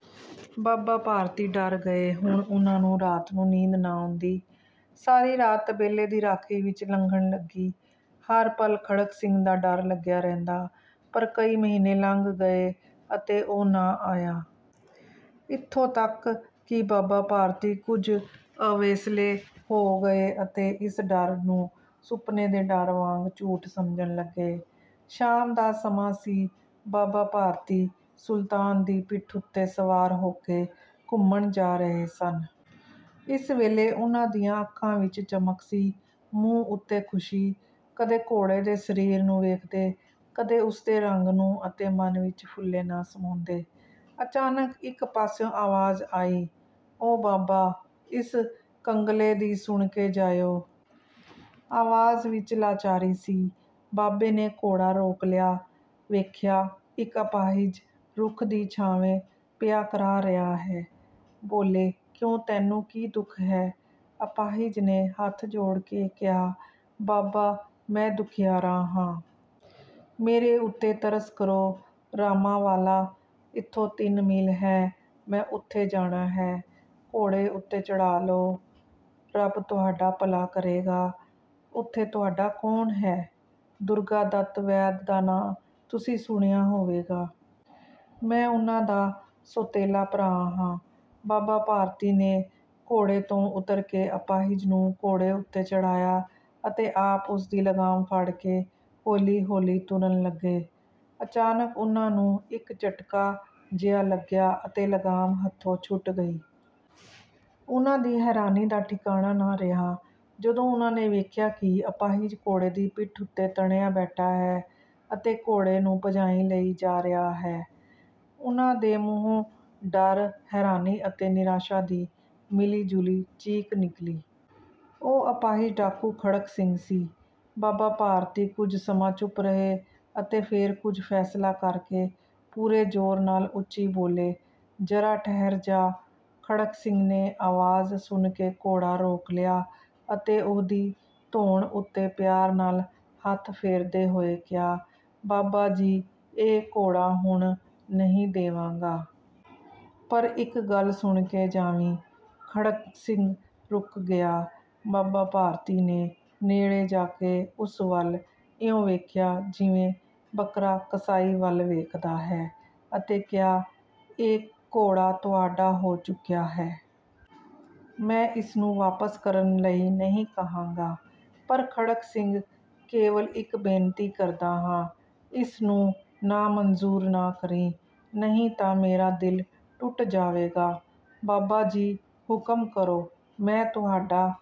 ਬਾਬਾ ਭਾਰਤੀ ਡਰ ਗਏ। ਹੁਣ ਉਨ੍ਹਾਂ ਨੂੰ ਰਾਤ ਨੂੰ ਨੀਂਦ ਨਾ ਆਉਂਦੀ।। ਸਾਰੀ ਰਾਤ ਤਬੇਲੇ ਦੀ ਰਾਖੀ ਵਿੱਚ ਲੰਘਣ ਲੱਗੀ। ਹਰ ਪਲ ਖੜਗ ਸਿੰਘ ਦਾ ਡਰ ਲਗਿਆ ਰਹਿੰਦਾ, ਪਰ ਕਈ ਮਹੀਨੇ ਲੰਘ ਗਏ ਅਤੇ ਉਹ ਨਾ ਆਇਆ। ਇੱਥੋਂ ਤੱਕ ਕਿ ਬਾਬਾ ਭਾਰਤੀ ਕੁੱਝ ਅਵੇਸਲੇ ਹੋ ਗਏ ਅਤੇ ਇਸ ਡਰ ਨੂੰ ਸੁਪਨੇ ਦੇ ਡਰ ਵਾਂਗ ਝੂਠ ਸਮਝਣ ਲੱਗੇ। ਸ਼ਾਮ ਦਾ ਸਮਾਂ ਸੀ। ਬਾਬਾ ਭਾਰਤੀ ਸੁਲਤਾਨ ਦੀ ਪਿੱਠ ਉੱਤੇ ਸਵਾਰ ਹੋਕੇ ਘੁੰਮਣ ਜਾ ਰਹੇ ਸਨ। ਇਸ ਵੇਲੇ ਉਨ੍ਹਾਂ ਦੀਆਂ ਅੱਖਾਂ ਵਿੱਚ ਚਮਕ ਸੀ, ਮੂੰਹ ਉੱਤੇ ਖ਼ੁਸ਼ੀ। ਕਦੇ ਘੋੜੇ ਦੇ ਸਰੀਰ ਨੂੰ ਵੇਖਦੇ, ਕਦੇ ਉਸਦੇ ਰੰਗ ਨੂੰ ਅਤੇ ਮਨ ਵਿੱਚ ਫੁੱਲੇ ਨਾ ਸਮਾਉੁਂਦੇ। ਅਚਾਨਕ ਇੱਕ ਪਾਸਿਓਂ ਅਵਾਜ਼ ਆਈ, 'ਓ ਬਾਬਾ, ਇਸ ਕੰਗਲੇ ਦੀ ਸੁਣਕੇ ਜਾਇਓ। ' ਅਵਾਜ਼ ਵਿੱਚ ਲਾਚਾਰੀ ਸੀ। ਬਾਬੇ ਨੇ ਘੋੜਾ ਰੋਕ ਲਿਆ। ਵੇਖਿਆ, ਇੱਕ ਅਪਾਹਿਜ ਰੁੱਖ ਦੀ ਛਾਵੇਂ ਪਿਆ ਕਰਾਹ ਰਿਹਾ ਹੈ। 'ਬੋਲੇ, ਕਿਉਂ ਤੈਨੂੰ ਕੀ ਦੁੱਖ ਹੈ? ' ਅਪਾਹਿਜ ਨੇ ਹੱਥ ਜੋੜਕੇ ਕਿਹਾ, ਬਾਬਾ, ਮੈਂ ਦੁਖਿਆਰਾ ਹਾਂ। ਮੇਰੇ ਉੱਤੇ ਤਰਸ ਕਰੋ। ਰਾਮਾਵਾਲਾ ਇੱਥੋਂ ਤਿੰਨ ਮੀਲ ਹੈ, ਮੈਂ ਉੱਥੇ ਜਾਣਾ ਹੈ। ਘੋੜੇ ਉੱਤੇ ਚੜ੍ਹਾ ਲਓ, ਰੱਬ ਤੁਹਾਡਾ ਭਲਾ ਕਰੇਗਾ। ' 'ਉੱਥੇ ਤੁਹਾਡਾ ਕੌਣ ਹੈ? ' 'ਦੁਰਗਾ ਦੱਤ ਵੈਦ ਦਾ ਨਾਂ ਤੁਸੀਂ ਸੁਣਿਆ ਹੋਵੇਗਾ। ਮੈਂ ਉਨ੍ਹਾਂ ਦਾ ਸੌਤੇਲਾ ਭਰਾ ਹਾਂ। ' ਬਾਬਾ ਭਾਰਤੀ ਨੇ ਘੋੜੇ ਤੋਂ ਉਤਰ ਕੇ ਅਪਾਹਿਜ ਨੂੰ ਘੋੜੇ ਉੱਤੇ ਚੜ੍ਹਾਇਆ ਅਤੇ ਆਪ ਉਸਦੀ ਲਗਾਮ ਫੜਕੇ ਹੌਲੀ-ਹੌਲੀ ਤੁਰਨ ਲੱਗੇ। ਅਚਾਨਕ ਉਨ੍ਹਾਂ ਨੂੰ ਇੱਕ ਝੱਟਕਾ-ਜਿਹਾ ਲਗਿਆ ਅਤੇ ਲਗਾਮ ਹੱਥੋਂ ਛੁੱਟ ਗਈ। ਉਨ੍ਹਾਂ ਦੀ ਹੈਰਾਨੀ ਦਾ ਠਿਕਾਣਾ ਨਾ ਰਿਹਾ, ਜਦੋਂ ਉਨ੍ਹਾਂ ਨੇ ਵੇਖਿਆ ਕਿ ਅਪਾਹਿਜ ਘੋੜੇ ਦੀ ਪਿੱਠ ਉੱਤੇ ਤਣਿਆ ਬੈਠਾ ਹੈ ਅਤੇ ਘੋੜੇ ਨੂੰ ਭਜਾਈਂ ਲਈ ਜਾ ਰਿਹਾ ਹੈ। ਉਨ੍ਹਾਂ ਦੇ ਮੂੰਹੋਂ ਡਰ, ਹੈਰਾਨੀ ਅਤੇ ਨਿਰਾਸ਼ਾ ਦੀ ਮਿਲੀਜੁਲੀ ਚੀਕ ਨਿਕਲੀ। ਉਹ ਅਪਾਹਿਜ ਡਾਕੂ ਖੜਗ ਸਿੰਘ ਸੀ। ਬਾਬਾ ਭਾਰਤੀ ਕੁੱਝ ਸਮਾਂ ਚੁਪ ਰਹੇ ਅਤੇ ਫੇਰ ਕੁੱਝ ਫੈਸਲਾ ਕਰਕੇ ਪੂਰੇ ਜੋਰ ਨਾਲ ਉੱਚੀ ਬੋਲੇ, 'ਜਰਾ ਠਹਿਰ ਜਾ। ਖੜਗ ਸਿੰਘ ਨੇ ਅਵਾਜ਼ ਸੁਣਕੇ ਘੋੜਾ ਰੋਕ ਲਿਆ ਅਤੇ ਉਹਦੀ ਧੌਣ ਉੱਤੇ ਪਿਆਰ ਨਾਲ ਹੱਥ ਫੇਰਦੇ ਹੋਏ ਕਿਹਾ, 'ਬਾਬਾ ਜੀ, ਇਹ ਘੋੜਾ ਹੁਣ ਨਹੀਂ ਦੇਵਾਂਗਾ। ' 'ਪਰ ਇੱਕ ਗੱਲ ਸੁਣਕੇ ਜਾਵੀਂ। ' ਖੜਗ ਸਿੰਘ ਰੁਕ ਗਿਆ। ਬਾਬਾ ਭਾਰਤੀ ਨੇ ਨੇੜੇ ਜਾਕੇ ਉਸ ਵੱਲ ਇਉਂ ਵੇਖਿਆ ਜਿਵੇਂ ਬਕਰਾ ਕਸਾਈ ਵੱਲ ਵੇਖਦਾ ਹੈ ਅਤੇ ਕਿਹਾ, ਇਹ ਘੋੜਾ ਤੁਹਾਡਾ ਹੋ ਚੁੱਕਿਆ ਹੈ। ਮੈਂ ਇਸਨੂੰ ਵਾਪਸ ਕਰਨ ਲਈ ਨਹੀਂ ਕਹਾਂਗਾ। ਪਰ ਖੜਗ ਸਿੰਘ, ਕੇਵਲ ਇੱਕ ਬੇਨਤੀ ਕਰਦਾ ਹਾਂ। ਇਸਨੂੰ ਨਾਮਨਜ਼ੂਰ ਨਾ ਕਰੀਂ, ਨਹੀਂ ਤਾਂ ਮੇਰਾ ਦਿਲ ਟੁੱਟ ਜਾਵੇਗਾ। ' 'ਬਾਬਾ ਜੀ, ਹੁਕਮ ਕਰੋ। ਮੈਂ ਤੁਹਾਡਾ